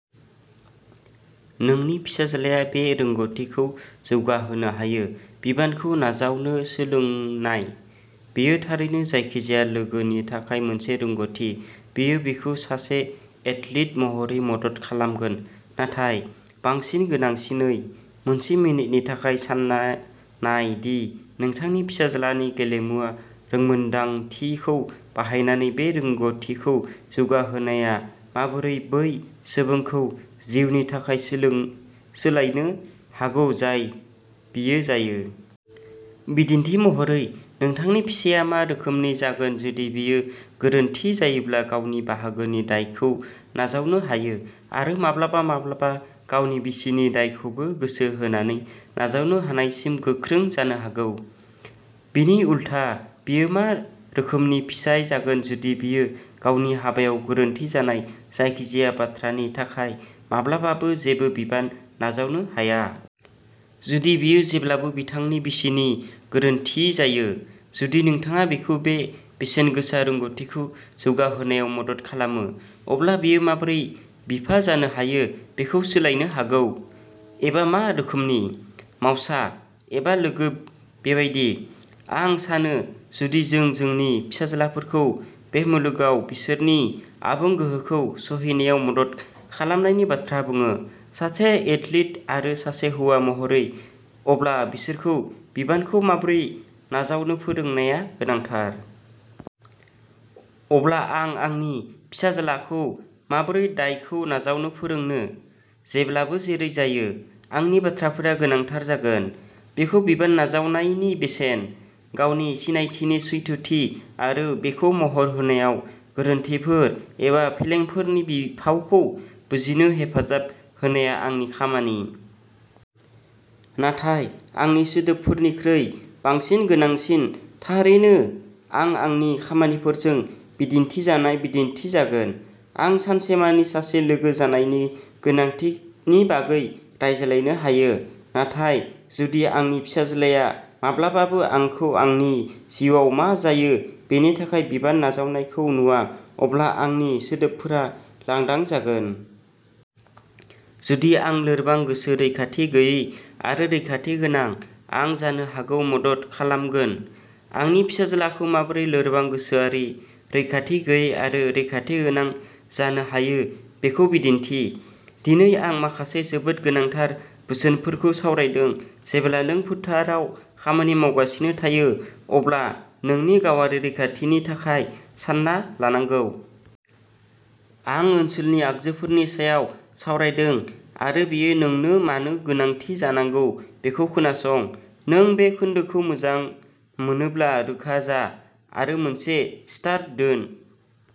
नोंनि फिसाज्लाया बे रोंग'थिखौ जौगाहोनो हायो-बिबानखौ नाजावनो सोलोंनाय। बेयो थारैनो जायखिजाया लोगोनि थाखाय मोनसे रोंग'थि। बेयो बिखौ सासे एथलीट महरै मदद खालामगोन। नाथाय, बांसिन गोनांसिनै, मोनसे मिनिटनि थाखाय सानना नाय दि नोंथांनि फिसाज्लानि गेलेमुआ रोंमोनदांथिखौ बाहायनानै बे रोंग'थिखौ जौगाहोनाया माबोरै बै सुबुंखौ जिउनि थाखाय सोलों सोलायनो हागौ जाय बियो जायो। बिदिन्थि महरै, नोंथांनि फिसाया मा रोखोमनि जागोन जुदि बियो गोरोन्थि जायोब्ला गावनि बाहागोनि दायखौ नाजावनो हायो, आरो माब्लाबा माब्लाबा गावनि बिसिनि दायखौबो गोसो होनानै नाजावनो हानायसिम गोख्रों जानो हागौ? बिनि उलथा, बियो मा रोखोमनि फिसाय जागोन जुदि बियो गावनि हाबायाव गोरोन्थि जानाय जायखिजाया बाथ्रानि थाखाय माब्लाबाबो जेबो बिबान नाजावनो हाया? जुदि बेयो जेब्लाबो बिथांनि बिसिनि गोरोन्थि जायो? जुदि नोंथाङा बिखौ बे बेसेनगोसा रोंग'थिखौ जौगाहोनायाव मदद खालामो, अब्ला बियो माबोरै बिफा जानो हायो बेखौ सोलायनो हागौ? एबा मा रोखोमनि। मावसा? एबा लोगो बेबायदि? आं सानो, जुदि जों जोंनि फिसाज्लाफोरखौ बे मुलुगाव बिसोरनि आबुं गोहोखौ सौहैनायाव मदद खालामनायनि बाथ्रा बुङो, सासे एथलीट आरो सासे हौवा महरै, अब्ला बिसोरखौ बिबानखौ माबोरै नाजावनो फोरोंनाया गोनांथार। अब्ला आं आंनि फिसाज्लाखौ माबोरै दायखौ नाजावनो फोरोंनो? जेब्लाबो जेरै जायो, आंनि बाथ्राफोरा गोनांथार जागोन। बिखौ बिबान नाजावनायनि बेसेन, गावनि सिनायथिनि सैथोथि, आरो बेखौ महर होनायाव गोरोन्थिफोर एबा फेलेंफोरनि बिफावखौ बुजिनो हेफाजाब होनाया आंनि खामानि। नाथाय आंनि सोदोबफोरनिख्रुइ बांसिन गोनांसिन, थारैनो, आं आंनि खामानिफोरजों दिन्थिजानाय बिदिन्थि जागोन। आं सानसेमानि सासे लोगो जानायनि गोनांथिनि बागै रायज्लायनो हायो, नाथाय जुदि आंनि फिसाज्लाया माब्लाबाबो आंखौ आंनि जिउआव मा जायो बेनि थाखाय बिबान नाजावनायखौ नुवा, अब्ला आंनि सोदोबफोरा लांदां जागोन। जुदि आं लोरबां-गोसो, रैखाथि गैयै, आरो रैखाथिगोनां, आं जानो हागौ मदद खालामगोन। आंनि फिसाज्लाखौ माबोरै लोरबां गोसोआरि, रैखाथि गैयै आरो रैखाथिगोनां जानो हायो बेखौ दिन्थि। दिनै आं माखासे जोबोद गोनांथार बोसोनफोरखौ सावरायदों, जेब्ला नों फोथाराव खामानि मावगासिनो थायो, अब्ला नोंनि गावारि रैखाथिनि थाखाय सानना लानांगौ। आं ओनसोलनि आगजुफोरनि सायाव सावरायदों आरो बेयो नोंनो मानो गोनांथि जानांगौ बेखौ खोनासं। नों बे खोन्दोखौ मोजां मोनोब्ला, रोखा जा आरो मोनसे "स्टार" दोन।